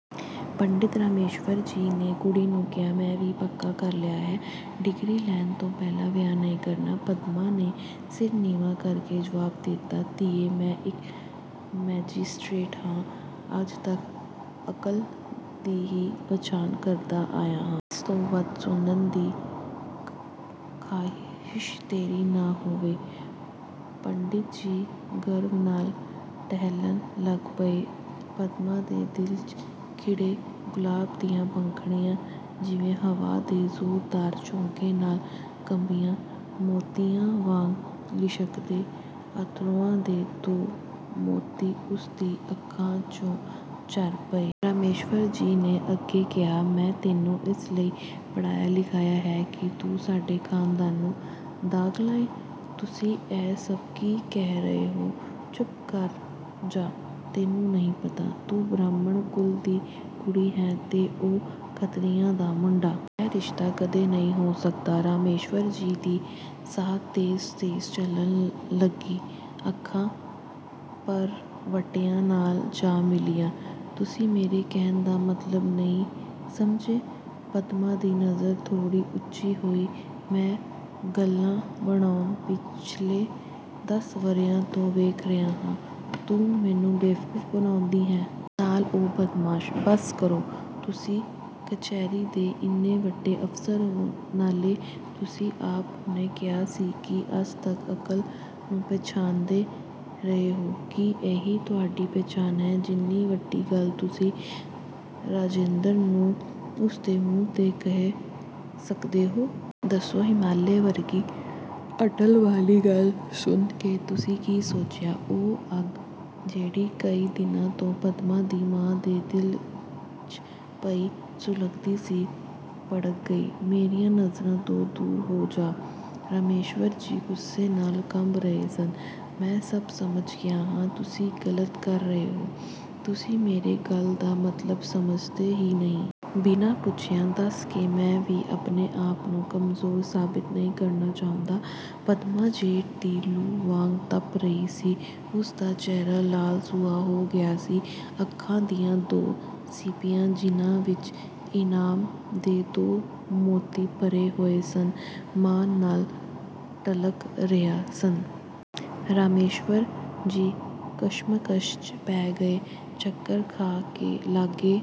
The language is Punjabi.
ਪੰਡਿਤ ਰਾਮੇਸ਼੍ਵਰ ਜੀ ਨੇ ਕੁੜੀ ਨੂੰ ਕਿਹਾ, "ਮੈਂ ਵੀ ਪੱਕਾ ਕਰ ਲਿਆ ਹੈ, ਡਿਗਰੀ ਲੈਣ ਤੋਂ ਪਹਿਲਾਂ ਵਿਆਹ ਨਹੀਂ ਕਰਨਾ।" ਪਦਮਾ ਨੇ ਸਿਰ ਨੀਵਾਂ ਕਰਕੇ ਜਵਾਬ ਦਿੱਤਾ। "ਧੀਏ, ਮੈਂ ਇੱਕ ਮੈਜਿਸਟ੍ਰੇਟ ਹਾਂ, ਅੱਜ ਤੱਕ ਅਕਲ ਦੀ ਹੀ ਪਛਾਣ ਕਰਦਾ ਆਇਆ ਹਾਂ। ਇਸ ਤੋਂ ਵੱਧ ਸੁਣਨ ਦੀ ਖ਼ਾਹਿਸ਼ ਤੇਰੀ ਨਾ ਹੋਵੇ," ਪੰਡਿਤ ਜੀ ਗਰਵ ਨਾਲ਼ ਟਹਿਲਣ ਲੱਗ ਪਏ। ਪਦਮਾ ਦੇ ਦਿਲ 'ਚ ਖਿੜੇ ਗੁਲਾਬ ਦੀਆਂ ਪੰਖੜੀਆਂ ਜਿਵੇਂ ਹਵਾ ਦੇ ਜ਼ੋਰਦਾਰ ਝੋਂਕੇ ਨਾਲ਼ ਕੰਬੀਆਂ, ਮੋਤੀਆਂ ਵਾਂਗ ਲਿਸ਼ਕਦੇ ਅਥਰੂਆਂ ਦੇ ਦੋ ਮੋਤੀ ਉਸਦੀ ਅੱਖਾਂ 'ਚੋਂ ਝਰ ਪਏ। ਰਾਮੇਸ਼੍ਵਰ ਜੀ ਨੇ ਅੱਗੇ ਕਿਹਾ, "ਮੈਂ ਤੈਨੂੰ ਇਸ ਲਈ ਪੜ੍ਹਾਇਆ-ਲਿਖਾਇਆ ਹੈ ਕਿ ਤੂੰ ਸਾਡੇ ਖਾਨਦਾਨ ਨੂੰ ਦਾਗ ਲਾਏਂ?" "ਤੁਸੀਂ ਇਹ ਸਭ ਕੀ ਕਹਿ ਰਹੇ ਹੋ?" "ਚੁੱਪ ਕਰ ਜਾ! ਤੈਨੂੰ ਨਹੀਂ ਪਤਾ? ਤੂੰ ਬ੍ਰਾਹਮਣ ਕੁਲ ਦੀ ਕੁੜੀ ਹੈਂ 'ਤੇ ਉਹ ਖੱਤਰੀਆਂ ਦਾ ਮੁੰਡਾ। ਇਹ ਰਿਸ਼ਤਾ ਕਦੇ ਨਹੀਂ ਹੋ ਸਕਦਾ!" ਰਾਮੇਸ਼੍ਵਰ ਜੀ ਦੀ ਸਾਹ ਤੇਜ਼-ਤੇਜ਼ ਚੱਲਣ ਲੱਗੀ, ਅੱਖਾਂ ਭਰਵੱਟਿਆਂ ਨਾਲ਼ ਜਾ ਮਿਲੀਆਂ। "ਤੁਸੀਂ ਮੇਰੇ ਕਹਿਣ ਦਾ ਮਤਲਬ ਹੀ ਨਹੀਂ ਸਮਝੇ।" ਪਦਮਾ ਦੀ ਨਜ਼ਰ ਥੋੜ੍ਹੀ ਉੱਚੀ ਹੋਈ। "ਮੈਂ ਗੱਲਾਂ ਬਣਾਉਣ ਪਿੱਛਲੇ ਦੱਸ ਵਰ੍ਹਿਆਂ ਤੋਂ ਵੇਖ ਰਿਹਾ ਹਾਂ, ਤੂੰ ਮੈਨੂੰ ਬੇਵਕੂਫ਼ ਬਣਾਉਂਦੀ ਹੈਂ? ਨਾਲੇ ਉਹ ਬਦਮਾਸ਼" "ਬੱਸ ਕਰੋ, ਤੁਸੀਂ ਕਚਹਿਰੀ ਦੇ ਇੰਨੇ ਵੱਡੇ ਅਫ਼ਸਰ ਹੋ। ਨਾਲੇ ਤੁਸੀਂ ਆਪ ਹੁਣੇ ਕਿਹਾ ਸੀ ਕਿ ਅੱਜ ਤੱਕ ਅਕਲ ਨੂੰ ਪਛਾਣਦੇ ਰਹੇ ਹੋ, ਕੀ ਇਹੀ ਤੁਹਾਡੀ ਪਛਾਣ ਹੈ? ਇੰਨੀ ਵੱਡੀ ਗੱਲ ਤੁਸੀਂ ਰਾਜੇਂਦਰ ਨੂੰ, ਉਸਦੇ ਮੂੰਹ 'ਤੇ ਕਹਿ ਸਕਦੇ ਹੋ? ਦੱਸੋ! ਹਿਮਾਲੇ ਵਰਗੀ ਅਟੱਲ ਵਾਲੀ ਗੱਲ ਸੁਣ ਕੇ ਤੁਸੀਂ ਕੀ ਸੋਚਿਆ?" ਉਹ ਅੱਗ ਜਿਹੜੀ ਕਈ ਦਿਨਾਂ ਤੋਂ ਪਦਮਾ ਦੀ ਮਾਂ ਦੇ ਦਿਲ 'ਚ ਪਈ ਸੁਲਗਦੀ ਸੀ, ਭੜਕ ਗਈ! "ਮੇਰੀਆਂ ਨਜ਼ਰਾਂ ਤੋਂ ਦੂਰ ਹੋ ਜਾ," ਰਾਮੇਸ਼੍ਵਰ ਜੀ ਗੁੱਸੇ ਨਾਲ਼ ਕੰਬ ਰਹੇ ਸਨ, "ਮੈਂ ਸਭ ਸਮਝ ਗਿਆ ਹਾ" "ਤੁਸੀਂ ਗ਼ਲਤ ਕਰ ਰਹੇ ਹੋ, ਤੁਸੀਂ ਮੇਰੀ ਗੱਲ ਦਾ ਮਤਲਬ ਸਮਝਦੇ ਹੀ ਨਹੀਂ। ਬਿਨਾ ਪੁੱਛਿਆਂ ਦੱਸ ਕੇ ਮੈਂ ਵੀ ਆਪਣੇ-ਆਪ ਨੂੰ ਕਮਜ਼ੋਰ ਸਾਬਿਤ ਨਹੀਂ ਕਰਨਾ ਚਾਹੁੰਦਾ।" ਪਦਮਾ ਜੇਠ ਦੀ ਲੂ ਵਾਂਗ ਤੱਪ ਰਹੀ ਸੀ, ਉਸਦਾ ਚਿਹਰਾ ਲਾਲ-ਸੂਹਾ ਹੋ ਗਿਆ ਸੀ। ਅੱਖਾਂ ਦੀਆਂ ਦੋ ਸੀਪੀਆਂ, ਜਿਨ੍ਹਾਂ ਵਿੱਚ ਇਨਾਮ ਦੇ ਦੋ ਮੋਤੀ ਭਰੇ ਹੋਏ ਸਨ, ਮਾਣ ਨਾਲ਼ ਡਲ੍ਹਕ ਰਹੀਆਂ ਸਨ! ਰਾਮੇਸ਼੍ਵਰ ਜੀ ਕਸ਼ਮਕਸ਼ 'ਚ ਪੈ ਗਏ। ਚੱਕਰ ਖਾ ਕੇ ਲਾਗੇ